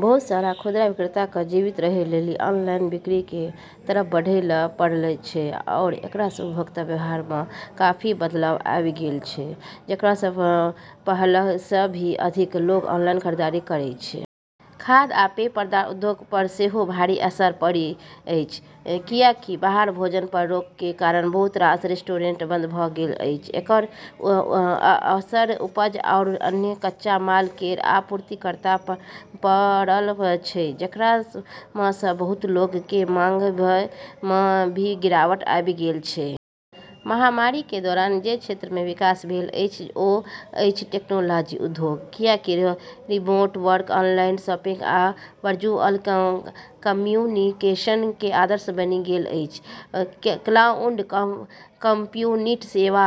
बहुत सारा खुदरा विक्रेता क॑ जीवित रहै लेली ऑनलाइन बिक्री के तरफ बढ़ै ल॑ पड़लऽ छै, आरू एकरा स॑ उपभोक्ता व्यवहार म॑ काफी बदलाव आबी गेलऽ छै, जेकरा स॑ पहलऽ स॑ भी अधिक लोग ऑनलाइन खरीदारी करै छै। खाद्य आ पेय पदार्थ उद्योग पर सेहो भारी असर पड़ल अछि, किया कि बाहर भोजन पर रोक के कारण बहुत रास रेस्टोरेंट बंद भ गेल अछि. एकरऽ असर उपज आरू अन्य कच्चा माल केरऽ आपूर्तिकर्ता प॑ पड़लऽ छै, जेकरा म॑ स॑ बहुत लोगऽ के मांग म॑ भी गिरावट आबी गेलऽ छै। महामारी के दौरान जे क्षेत्र में विकास भेल अछि ओ अछि टेक्नोलॉजी उद्योग, किया कि रिमोट वर्क, ऑनलाइन शॉपिंग आ वर्चुअल कम्युनिकेशन के आदर्श बनि गेल अछि। क्लाउड कंप्यूटिंग सेवा,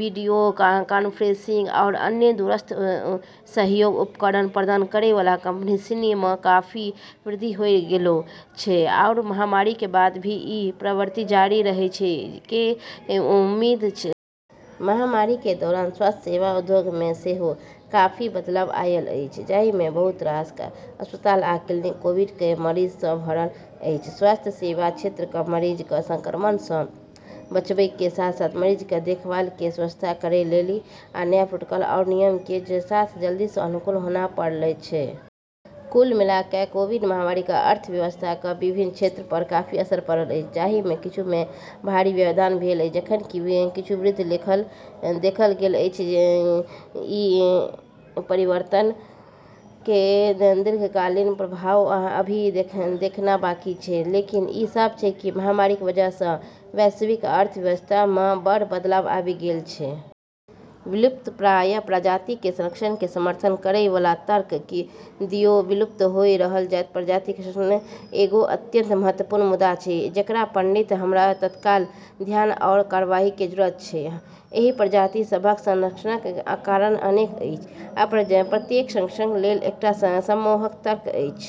वीडियो कॉन्फ्रेंसिंग आरू अन्य दूरस्थ सहयोग उपकरण प्रदान करै वाला कंपनी सिनी मँ काफी वृद्धि होय गेलौ छै, आरू महामारी के बाद भी ई प्रवृत्ति जारी रहै के उम्मीद छै। महामारी के दौरान स्वास्थ्य सेवा उद्योग में सेहो काफी बदलाव आयल अछि, जाहि में बहुत रास अस्पताल आ क्लिनिक कोविड- के मरीज स भरल अछि। स्वास्थ्य सेवा क्षेत्र क॑ मरीजऽ क॑ संक्रमण स॑ बचाबै के साथ-साथ मरीजऽ के देखभाल के व्यवस्था करै लेली नया प्रोटोकॉल आरू नियमऽ के साथ जल्दी स॑ अनुकूल होना पड़लऽ छै। कुल मिला कए कोविड- महामारी क अर्थव्यवस्था क विभिन्न क्षेत्र पर काफी असर पड़ल अछि, जाहि मे किछु मे भारी व्यवधान भेल अछि जखन कि किछु मे वृद्धि देखल गेल अछि। ई परिवर्तनऽ के दीर्घकालिक प्रभाव अभी देखना बाकी छै, लेकिन ई साफ छै कि महामारी के वजह स॑ वैश्विक अर्थव्यवस्था म॑ बड़ऽ बदलाव आबी गेलऽ छै। विलुप्तप्राय प्रजाति के संरक्षण के समर्थन करय वाला तर्क दियौ. विलुप्त होय रहलऽ प्रजाति के संरक्षण एगो अत्यंत महत्वपूर्ण मुद्दा छै जेकरा प॑ हमरऽ तत्काल ध्यान आरू कार्रवाई के जरूरत छै। एहि प्रजाति सभक संरक्षणक कारण अनेक अछि, आ प्रत्येक संरक्षणक लेल एकटा सम्मोहक तर्क अछि।